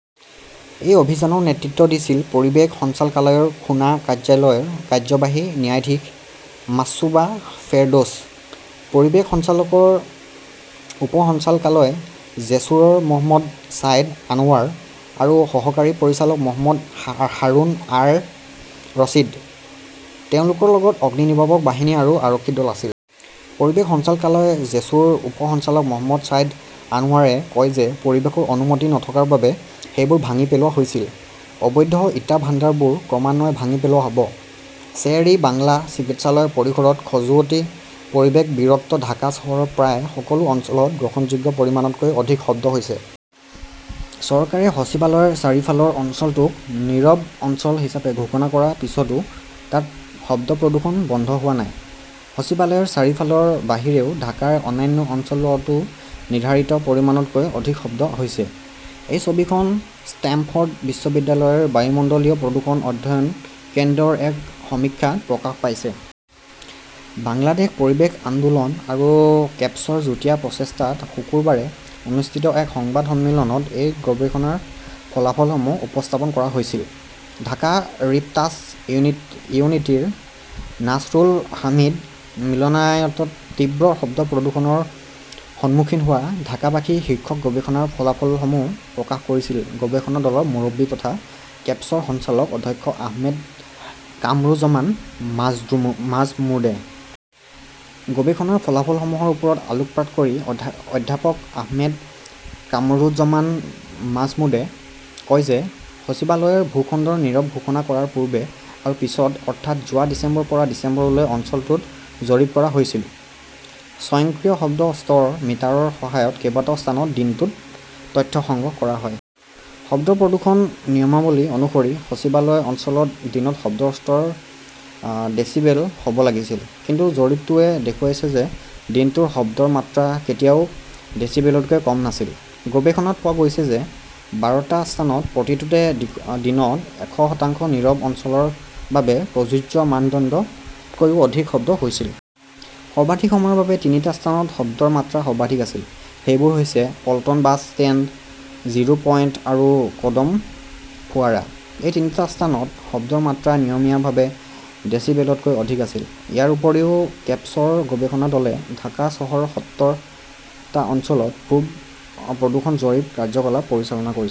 এই অভিযানৰ নেতৃত্ব দিছিল পৰিৱেশ সঞ্চালকালয়ৰ খুনা কাৰ্যালয়ৰ কাৰ্যবাহী ন্যায়াধীশ মাশ্ৰুবা ফেৰদৌছ, পৰিৱেশ সঞ্চালকালয়ৰ উপ সঞ্চালকালয় জেছুৰৰ মহম্মদ ছাইদ আনৱাৰ আৰু সহকাৰী পৰিচালক মহম্মদ হাৰুন-অৰ-ৰছিদ। তেওঁলোকৰ লগত অগ্নিনিৰ্বাপক বাহিনী আৰু আৰক্ষীৰ দল আছিল। পৰিৱেশ সঞ্চালকালয় জেছুৰৰ উপ সঞ্চালক মহম্মদ ছাইদ আনৱাৰে কয় যে পৰিৱেশৰ অনুমতি নথকাৰ বাবে সেইবোৰ ভাঙি পেলোৱা হৈছিল। অবৈধ ইটা ভাণ্ডাৰবোৰ ক্ৰমান্বয়ে ভাঙি পেলোৱা হ'ব। শ্বেৰ-ই-বাংলা চিকিৎসালয়ৰ পৰিসৰত খজুৱতি, পৰিৱেশ বিৰক্ত ঢাকা চহৰৰ প্ৰায় সকলো অঞ্চলত গ্ৰহণযোগ্য পৰিমাণতকৈ অধিক শব্দ হৈছে। চৰকাৰে সচিবালয়ৰ চাৰিওফালৰ অঞ্চলটোক নীৰৱ অঞ্চল হিচাপে ঘোষণা কৰাৰ পিছতো তাত শব্দ প্ৰদূষণ বন্ধ হোৱা নাই। সচিবালয়ৰ চাৰিওফালৰ বাহিৰেও ঢাকাৰ অন্যান্য অঞ্চলতো নিৰ্ধাৰিত পৰিমাণতকৈ অধিক শব্দ হৈছে। এই ছবিখন ষ্টেমফৰ্ড বিশ্ববিদ্যালয়ৰ বায়ুমণ্ডলীয় প্ৰদূষণ অধ্যয়ন কেন্দ্ৰৰ এক সমীক্ষা প্ৰকাশ পাইছে। বাংলাদেশ পৰিৱেশ আন্দোলন আৰু কেপছৰ যুটীয়া প্ৰচেষ্টাত শুকুৰবাৰে অনুষ্ঠিত এক সংবাদ সন্মিলনত এই গৱেষণাৰ ফলাফলসমূহ উপস্থাপন কৰা হৈছিল। ঢাকা ৰিপ'ৰ্টাৰ্ছ ইউনিটিৰ নাছৰুল হামিদ মিলনায়তনত তীব্ৰ শব্দ প্ৰদূষণৰ সন্মুখীন হোৱা ঢাকাবাসী শীৰ্ষক গৱেষণাৰ ফলাফলসমূহ প্ৰকাশ কৰিছিল গৱেষণা দলৰ মুৰব্বী তথা কেপছৰ সঞ্চালক অধ্যাপক আহমেদ কামৰুজমান মাজমুদ্ৰে। গৱেষণাৰ ফলাফলসমূহৰ ওপৰত আলোকপাত কৰি অধ্যাপক আহমেদ কামৰুজ্জমান মাজমুদ্ৰে কয় যে সচিবালয়ৰ ভূখণ্ডক নীৰৱ ঘোষণা কৰাৰ পূৰ্বে আৰু পিছত, অৰ্থাৎ যোৱা ডিচেম্বৰৰ পৰা ডিচেম্বৰলৈকে অঞ্চলটোত জৰীপ কৰা হৈছিল। স্বয়ংক্ৰিয় শব্দ স্তৰৰ মিটাৰৰ সহায়ত কেইবাটাও স্থানত দিনটোত তথ্য সংগ্ৰহ কৰা হয়। শব্দ প্ৰদূষণ নিয়মাৱলী অনুসৰি সচিবালয় অঞ্চলত দিনত শব্দৰ স্তৰ ডেছিবেল হ 'ব লাগিছিল। কিন্তু জৰীপটোৱে দেখুৱাইছে যে দিনটোৰ শব্দৰ মাত্ৰা কেতিয়াও ডেছিবেলতকৈ কম নাছিল। গৱেষণাত পোৱা গৈছে যে বাৰটা স্থানৰ প্ৰতিটোতে দিনত এশ শতাংশ নীৰৱ অঞ্চলৰ বাবে প্ৰযোজ্য মানদণ্ড তকৈ অধিক শব্দ হৈছিল। সৰ্বাধিক সময়ৰ বাবে তিনিটা স্থানত শব্দৰ মাত্ৰা সৰ্বাধিক আছিল। সেইবোৰ হৈছে Paltan bus stand, zero point আৰু কদম ফোৱাৰা। এই তিনিটা স্থানত শব্দৰ মাত্ৰা নিয়মীয়াভাৱে ডেসিবেলতকৈ অধিক আছিল। ইয়াৰ উপৰিও, কেপছৰ গৱেষণা দলে ঢাকা চহৰৰ সত্তৰ টা অঞ্চলত প্ৰদূষণ জৰীপ কাৰ্যকলাপ পৰিচালনা কৰিছিল।